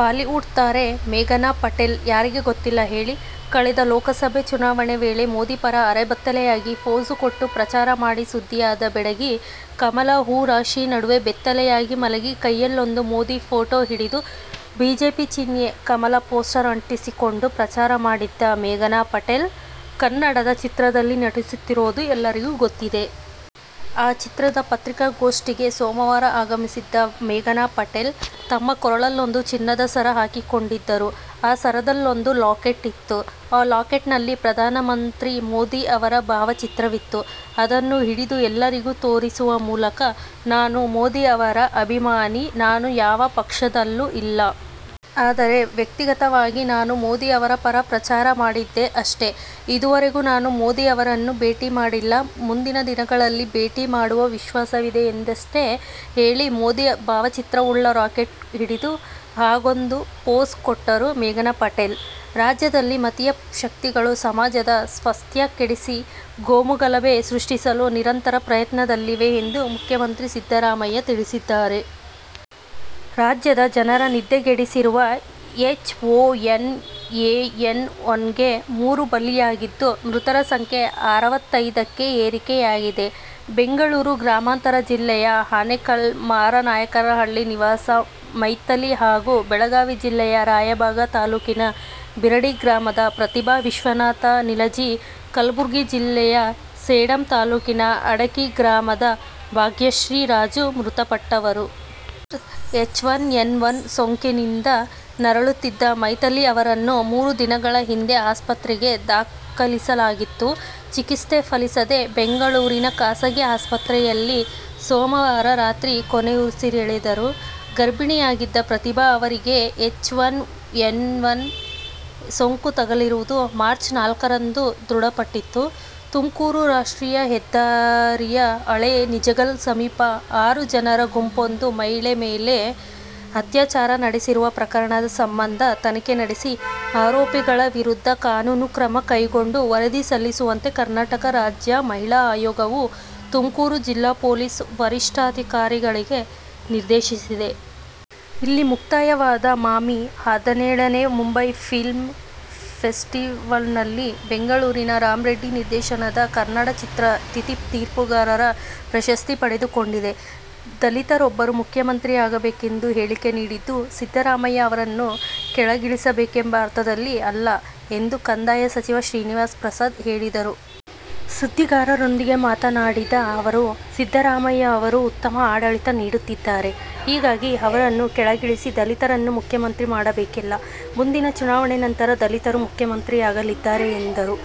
Bollywood ತಾರೆ ಮೇಘನಾಪಟೇಲ್ ಯಾರಿಗೆ ಗೊತ್ತಿಲ್ಲ ಹೇಳಿ? ಕಳೆದ ಲೋಕಸಭೆ ಚುನಾವಣೆ ವೇಳೆ ಮೋದಿ ಪರ ಅರೆಬೆತ್ತಲೆಯಾಗಿ ಫೋಸು ಕೊಟ್ಟು ಪ್ರಚಾರ ಮಾಡಿ ಸುದ್ದಿಯಾದ ಬೆಡಗಿ. ಕಮಲ ಹೂ ರಾಶಿ ನಡುವೆ ಬೆತ್ತಲೆಯಾಗಿ ಮಲಗಿ, ಕೈಯಲ್ಲೊಂದು ಮೋದಿ ಫೋಟೋ ಹಿಡಿದು, ಬಿಜೆಪಿ ಚಿಹ್ನೆ ಕಮಲ ಪೋಸ್ಟರ್ ಅಂಟಿಸಿಕೊಂಡು ಪ್ರಚಾರ ಮಾಡಿದ್ದ ಮೇಘನಾಪಟೇಲ್, ಕನ್ನಡದ ಚಿತ್ರದಲ್ಲಿ ನಟಿಸುತ್ತಿರೋದು ಎಲ್ಲರಿಗೂ ಗೊತ್ತಿದೆ. ಆ ಚಿತ್ರದ ಪತ್ರಿಕಾಗೋಷ್ಠಿಗೆ ಸೋಮವಾರ ಆಗಮಿಸಿದ್ದ ಮೇಘನಾಪಟೇಲ್, ತಮ್ಮ ಕೊರಳಲ್ಲೊಂದು ಚಿನ್ನದ ಸರ ಹಾಕಿಕೊಂಡಿದ್ದರು. ಆ ಸರದಲ್ಲೊಂದು ಲಾಕೆಟ್ ಇತ್ತು. ಆ ಲಾಕೆಟ್ನಲ್ಲಿ ಪ್ರಧಾನ ಮಂತ್ರಿ ಮೋದಿ ಅವರ ಭಾವಚಿತ್ರವಿತ್ತು. ಅದನ್ನು ಹಿಡಿದು ಎಲ್ಲರಿಗೂ ತೋರಿಸುವ ಮೂಲಕ, ನಾನು ಮೋದಿ ಅವರ ಅಭಿಮಾನಿ. ನಾನು ಯಾವ ಪಕ್ಷದಲ್ಲೂ ಇಲ್ಲ. ಆದರೆ, ವ್ಯಕ್ತಿಗತವಾಗಿ ನಾನು ಮೋದಿ ಅವರ ಪರ ಪ್ರಚಾರ ಮಾಡಿದ್ದೆ ಅಷ್ಟೇ. ಇದೂವರೆಗೂ ನಾನು ಮೋದಿ ಅವರನ್ನು ಭೇಟಿ ಮಾಡಿಲ್ಲ. ಮುಂದಿನ ದಿನಗಳಲ್ಲಿ ಭೇಟಿ ಮಾಡುವ ವಿಶ್ವಾಸವಿದೆ' ಎಂದಷ್ಟೇ ಹೇಳಿ ಮೋದಿ ಭಾವಚಿತ್ರವುಳ್ಳ ರಾಕೆಟ್ ಹಿಡಿದು ಹಾಗೊಂದು ಫೋಸ್ ಕೊಟ್ಟರು ಮೇಘನಾಪಟೇಲ್. ರಾಜ್ಯದಲ್ಲಿ ಮತೀಯ ಶಕ್ತಿಗಳು ಸಮಾಜದ ಸ್ವಾಸ್ಥ್ಯ ಕೆಡಿಸಿ ಕೋಮುಗಲಭೆ ಸೃಷ್ಟಿಸಲು ನಿರಂತರ ಪ್ರಯತ್ನದಲ್ಲಿವೆ ಎಂದು ಮುಖ್ಯಮಂತ್ರಿ ಸಿದ್ದರಾಮಯ್ಯ ತಿಳಿಸಿದ್ದಾರೆ. ರಾಜ್ಯದ ಜನರ ನಿದ್ದೆಗೆಡಿಸಿರುವ ಎಚ್ಒನ್ ಏನ್ ಒನ್ಗೆ ಮೂರು ಬಲಿಯಾಗಿದ್ದು, ಮೃತರ ಸಂಖ್ಯೆ ಆರವತೈದಕ್ಕೆ ಏರಿಕೆಯಾಗಿದೆ. ಬೆಂಗಳೂರು ಗ್ರಾಮಾಂತರ ಜಿಲ್ಲೆಯ ಆನೇಕಲ್ನ ಮಾರನಾಯಕನಹಳ್ಳಿ ನಿವಾಸಿ ಮೈಥಿಲಿ ಹಾಗೂ ಬೆಳಗಾವಿ ಜಿಲ್ಲೆಯ ರಾಯಬಾಗ ತಾಲೂಕಿನ ಬಿರಡಿ ಗ್ರಾಮದ ಪ್ರತಿಭಾ ವಿಶ್ವನಾಥ ನಿಲಜಿ, ಕಲಬುರಗಿ ಜಿಲ್ಲೆಯ ಸೇಡಂ ತಾಲೂಕಿನ ಅಡಕಿ ಗ್ರಾಮದ ಭಾಗ್ಯಶ್ರೀರಾಜು ಮೃತಪಟ್ಟವರು. ಎಚ್ ಒನ್ ನ್ ಒನ್ ಸೋಂಕಿನಿಂದ ನರಳುತ್ತಿದ್ದ ಮೈಥಿಲಿ ಅವರನ್ನು ಮೂರು ದಿನಗಳ ಹಿಂದೆ ಆಸ್ಪತ್ರೆಗೆ ದಾಖಲಿಸಲಾಗಿತ್ತು. ಚಿಕತ್ಸೆ ಫಲಿಸದೆ ಬೆಂಗಳೂರಿನ ಖಾಸಗಿ ಆಸ್ಪತ್ರೆಯಲ್ಲಿ ಸೋಮವಾರ ರಾತ್ರಿ ಕೊನೆಯುಸಿರೆಳೆದರು. ಗರ್ಭಿಣಿಯಾಗಿದ್ದ ಪ್ರತಿಭಾ ಅವರಿಗೆ ಎಚ್ಒನ್ ಏನ್ ಒನ್ ಸೋಂಕು ತಗುಲಿರುವುದು ಮಾರ್ಚ್ ನಾಲ್ಕರಂದು ದೃಢಪಟ್ಟಿತ್ತು. ತುಮಕೂರು ರಾಷ್ಟ್ರಿಯ ಹೆದ್ದಾರಿಯ ಹಳೆ ನಿಜಗಲ್ ಸಮೀಪ ಆರು ಜನರ ಗುಂಪೊಂದು ಮಹಿಳೆ ಮೇಲೆ ಅತ್ಯಾಚಾರ ನಡೆಸಿರುವ ಪ್ರಕರಣದ ಸಂಬಂಧ ತನಿಖೆ ನಡೆಸಿ ಆರೋಪಿಗಳ ವಿರುದ್ಧ ಕಾನೂನು ಕ್ರಮ ಕೈಗೊಂಡು ವರದಿ ಸಲ್ಲಿಸುವಂತೆ ಕರ್ನಾಟಕ ರಾಜ್ಯ ಮಹಿಳಾ ಆಯೋಗವು ತುಮಕೂರು ಜಿಲ್ಲಾ ಪೊಲೀಸ್ ವರಿಷ್ಠಾಧಿಕಾರಿಗಳಿಗೆ ನಿರ್ದೇಶಿಸಿದೆ. ಇಲ್ಲಿ ಮುಕ್ತಾಯವಾದ ಮಾಮಿ ಹದಿನೇಳನೇ ಮುಂಬೈ ಫಿಲ್ಮ್ ಫೆಸ್ಟಿವಲ್ನಲ್ಲಿ ಬೆಂಗಳೂರಿನ ರಾಮ್ ರೆಡ್ಡಿ ನಿರ್ದೇಶನದ ಕನ್ನಡ ಚಿತ್ರ ತಿಥಿ ತೀರ್ಪುಗಾರರ ಪ್ರಶಸ್ತಿ ಪಡೆದುಕೊಂಡಿದೆ. ದಲಿತರೊಬ್ಬರು ಮುಖ್ಯಮಂತ್ರಿ ಆಗಬೇಕೆಂದು ಹೇಳಿಕೆ ನೀಡಿದ್ದು ಸಿದ್ದರಾಮಯ್ಯ ಅವರನ್ನು ಕೆಳಗಿಳಿಸಬೇಕೆಂಬ ಅರ್ಥದಲ್ಲಿ ಅಲ್ಲ ಎಂದು ಕಂದಾಯ ಸಚಿವ ಶ್ರೀನಿವಾಸ್ ಪ್ರಸಾದ್ ಹೇಳಿದರು. ಸುದ್ದಿಗಾರರೊಂದಿಗೆ ಮಾತನಾಡಿದ ಅವರು, ಸಿದ್ದರಾಮಯ್ಯ ಅವರು ಉತ್ತಮ ಆಡಳಿತ ನೀಡುತ್ತಿದ್ದಾರೆ. ಹೀಗಾಗಿ ಅವರನ್ನು ಕೆಳಗಿಳಿಸಿ ದಲಿತರನ್ನು ಮುಖ್ಯಮಂತ್ರಿ ಮಾಡಬೇಕಿಲ್ಲ. ಮುಂದಿನ ಚುನಾವಣೆ ನಂತರ ದಲಿತರು ಮುಖ್ಯಮಂತ್ರಿಯಾಗಲಿದ್ದಾರೆ ಎಂದರು.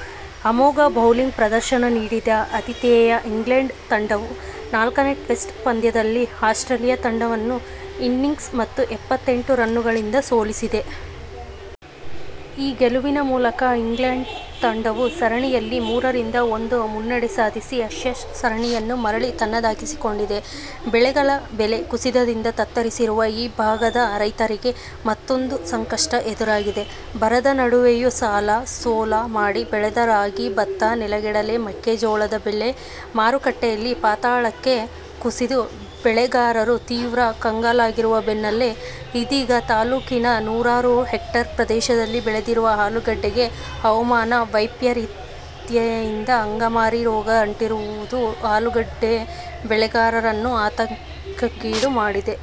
ಅಮೋಘ ಬೌಲಿಂಗ್ ಪ್ರದರ್ಶನ ನೀಡಿದ ಆತಿಥೇಯ ಇಂಗ್ಲೆಂಡ್ ತಂಡವು ನಾಲ್ಕನೇ ಟೆಸ್ಟ್ ಪಂದ್ಯದಲ್ಲಿ ಆಸ್ಟ್ರೇಲಿಯ ತಂಡವನ್ನು ಇನ್ನಿಂಗ್ಸ್ ಮತ್ತು ಎಪ್ಪತ್ತೆಂಟು ರನ್ನುಗಳಿಂದ ಸೋಲಿಸಿದೆ. ಈ ಗೆಲುವಿನ ಮೂಲಕ ಇಂಗ್ಲೆಂಡ್ ತಂಡವು ಸರಣಿಯಲ್ಲಿ ಮೂರ ರಿಂದ ಒಂದು ಮುನ್ನಡೆ ಸಾಧಿಸಿ ಆ್ಯಶಸ್ ಸರಣಿಯನ್ನು ಮರಳಿ ತನ್ನದಾಗಿಸಿಕೊಂಡಿದೆ. ಬೆಳೆಗಳ ಬೆಲೆ ಕುಸಿತದಿಂದ ತತ್ತರಿಸಿರುವ ಈ ಭಾಗದ ರೈತರಿಗೆ ಮತ್ತೂಂದು ಸಂಕಷ್ಟ ಎದುರಾಗಿದೆ. ಬರದ ನಡುವೆಯೂ ಸಾಲ, ಸೋಲ ಮಾಡಿ ಬೆಳೆದ ರಾಗಿ, ಭತ್ತ, ನೆಲಗಡಲೆ, ಮೆಕ್ಕೆಜೋಳದ ಬೆಲೆ ಮಾರುಕಟ್ಟೆಯಲ್ಲಿ ಪಾತಾಳಕ್ಕೆ ಕುಸಿದು ಬೆಳೆಗಾರರು ತೀವ್ರ ಕಂಗಾಲಾಗಿರುವ ಬೆನ್ನಲೇ ಇದೀಗ ತಾಲೂಕಿನ ನೂರಾರು ಹೇಕ್ಟೆರ್ ಪ್ರದೇಶದಲ್ಲಿ ಬೆಳೆದಿರುವ ಅಲೂಗಡ್ಡೆಗೆ ಹವಾಮಾನ ವೈಪರಿತ್ಯದಿಂದ ಅಂಗಮಾರಿ ರೋಗ ಅಂಟಿರುವುದು ಆಲೂಗಡ್ಡೆ ಬೆಳೆಗಾರರನ್ನು ಆತಂಕಕ್ಕೀಡು ಮಾಡಿದೆ.